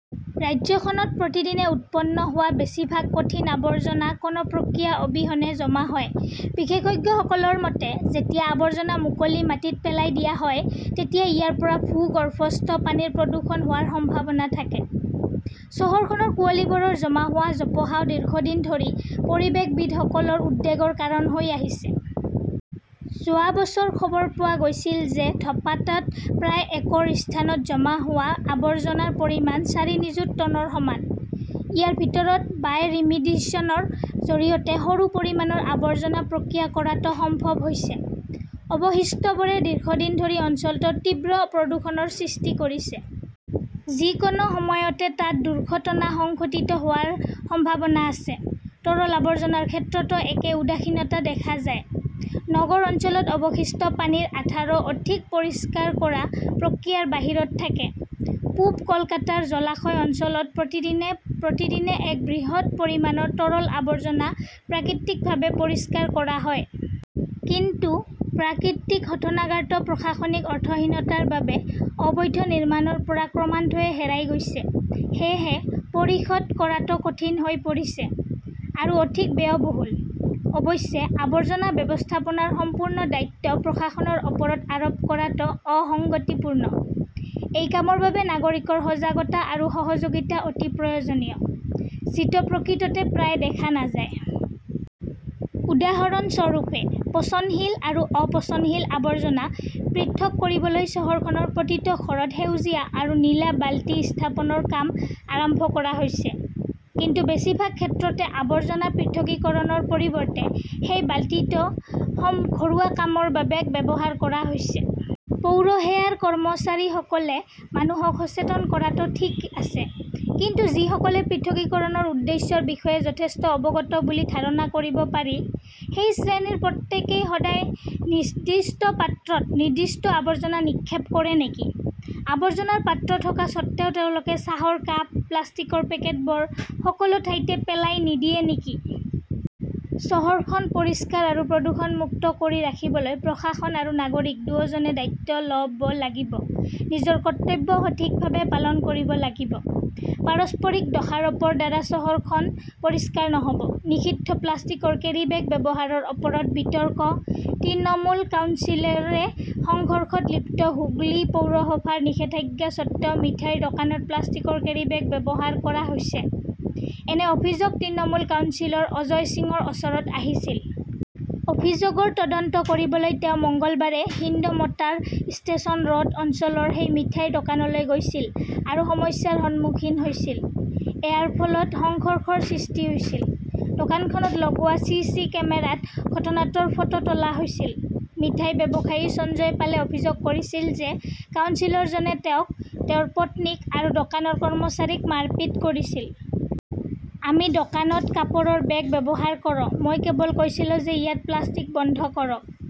ৰাজ্যখনত প্ৰতিদিনে উৎপন্ন হোৱা বেছিভাগ কঠিন আৱৰ্জনা কোনো প্ৰক্ৰিয়া অবিহনে জমা হয়। বিশেষজ্ঞসকলৰ মতে, যেতিয়া আৱৰ্জনা মুকলি মাটিত পেলাই দিয়া হয় তেতিয়া ইয়াৰ পৰা ভূগৰ্ভস্থ পানীৰ প্ৰদূষণ হোৱাৰ সম্ভাৱনা থাকে। চহৰখনৰ কুঁৱলীবোৰৰ জমা হোৱা জোপোহাও দীৰ্ঘদিন ধৰি পৰিৱেশবিদসকলৰ উদ্বেগৰ কাৰণ হৈ আহিছে। যোৱা বছৰ খবৰ পোৱা গৈছিল যে ধপাতাত প্ৰায় একৰ স্থানত জমা হোৱা আৱৰ্জনাৰ পৰিমাণ চাৰি নিযুত টনৰ সমান। ইয়াৰ ভিতৰত বায়'ৰিমিডিশ্যনৰ জৰিয়তে সৰু পৰিমাণৰ আৱৰ্জনা প্ৰক্ৰিয়া কৰাটো সম্ভৱ হৈছে। অৱশিষ্টবোৰে দীৰ্ঘদিন ধৰি অঞ্চলটোৰ তীব্ৰ প্ৰদূষণৰ সৃষ্টি কৰিছে। যিকোনো সময়তে তাত দুৰ্ঘটনা সংঘটিত হোৱাৰ সম্ভাৱনা আছে। তৰল আৱৰ্জনাৰ ক্ষেত্ৰতো একে উদাসীনতা দেখা যায়। নগৰ অঞ্চলত অৱশিষ্ট পানীৰ আধাৰো অধিক পৰিষ্কাৰ কৰা প্ৰক্ৰিয়াৰ বাহিৰত থাকে। পূৱ কলকাতাৰ জলাশয় অঞ্চলত প্ৰতিদিনে প্ৰতিদিনে এক বৃহৎ পৰিমাণৰ তৰল আৱৰ্জনা প্ৰাকৃতিকভাৱে পৰিষ্কাৰ কৰা হয়। কিন্তু প্ৰাকৃতিক শোধনাগাৰটো প্ৰশাসনিক অৰ্থহীনতাৰ বাবে অবৈধ নিৰ্মাণৰ পৰা ক্ৰমান্বয়ে হেৰাই গৈছে। সেয়েহে, পৰিশোধ কৰাটো কঠিন হৈ পৰিছে, আৰু অধিক ব্যয়বহুল। অৱশ্যে, আৱৰ্জনা ব্যৱস্থাপনাৰ সম্পূৰ্ণ দায়িত্ব প্ৰশাসনৰ ওপৰত আৰোপ কৰাটোও অসঙ্গতিপূৰ্ণ। এই কামৰ বাবে নাগৰিকৰ সজাগতা আৰু সহযোগিতা অতি প্ৰয়োজনীয়, যিটো প্ৰকৃততে প্ৰায় দেখা নাযায়। উদাহৰণস্বৰূপে, পচনশীল আৰু অপচনশীল আৱৰ্জনা পৃথক কৰিবলৈ চহৰখনৰ প্ৰতিটো ঘৰত সেউজীয়া আৰু নীলা বালতি স্থাপনৰ কাম আৰম্ভ কৰা হৈছে। কিন্তু বেছিভাগ ক্ষেত্ৰতে আৱৰ্জনা পৃথকীকৰণৰ পৰিৱৰ্তে সেই বালতিটো ঘৰুৱা কামৰ বাবে ব্যৱহাৰ কৰা হৈছে। পৌৰসেৱাৰ কৰ্মচাৰীসকলে মানুহক সচেতন কৰাটো ঠিক আছে, কিন্তু যিসকলে পৃথকীকৰণৰ উদ্দেশ্যৰ বিষয়ে যথেষ্ট অৱগত বুলি ধাৰণা কৰিব পাৰি, সেই শ্ৰেণীৰ প্ৰত্যেকেই সদায় নিৰ্দিষ্ট পাত্ৰত নিৰ্দিষ্ট আৱৰ্জনা নিক্ষেপ কৰে নেকি? আৱৰ্জনাৰ পাত্ৰ থকা স্বত্বেও তেওঁলোকে চাহৰ কাপ, প্লাষ্টিকৰ পেকেটবোৰ সকলো ঠাইতে পেলাই নিদিয়ে নেকি? চহৰখন পৰিষ্কাৰ আৰু প্ৰদূষণমুক্ত কৰি ৰাখিবলৈ প্ৰশাসন আৰু নাগৰিক দুয়োজনে দায়িত্ব ল 'ব লাগিব, নিজৰ কৰ্তব্য সঠিকভাৱে পালন কৰিব লাগিব। পাৰস্পৰিক দোষাৰোপৰ দ্বাৰা চহৰখন পৰিষ্কাৰ নহ'ব। নিষিদ্ধ প্লাষ্টিকৰ কেৰীবেগ ব্যৱহাৰৰ ওপৰত বিতৰ্ক, তৃণমূল কাউন্সিলৰে সংঘৰ্ষত লিপ্ত হুগলী পৌৰসভাৰ নিষেধাজ্ঞা সত্বেও মিঠাইৰ দোকানত প্লাষ্টিকৰ কেৰীবেগ ব্যৱহাৰ কৰা হৈছে, এনে অভিযোগ তৃণমূল কাউন্সিলৰ অজয় সিঙৰ ওচৰত আহিছিল। অভিযোগৰ তদন্ত কৰিবলৈ তেওঁ মঙলবাৰে হিন্দমোটাৰ ষ্টেচন ৰোড অঞ্চলৰ সেই মিঠাইৰ দোকানলৈ গৈছিল আৰু সমস্যাৰ সন্মুখীন হৈছিল। এয়াৰ ফলত সংঘৰ্ষৰ সৃষ্টি হৈছিল। দোকানখনত লগোৱা চি. চি. কেমেৰাত ঘটনাটোৰ ফটো তোলা হৈছিল। মিঠাই ব্যৱসায়ী সঞ্জয় পালে অভিযোগ কৰিছিল যে কাউন্সিলৰজনে তেওঁক, তেওঁৰ পত্নীক আৰু দোকানৰ কৰ্মচাৰীক মাৰপিট কৰিছিল। আমি দোকানত কাপোৰৰ বেগ ব্যৱহাৰ কৰো। মই কেৱল কৈছিলো যে ইয়াত প্লাষ্টিক বন্ধ কৰক।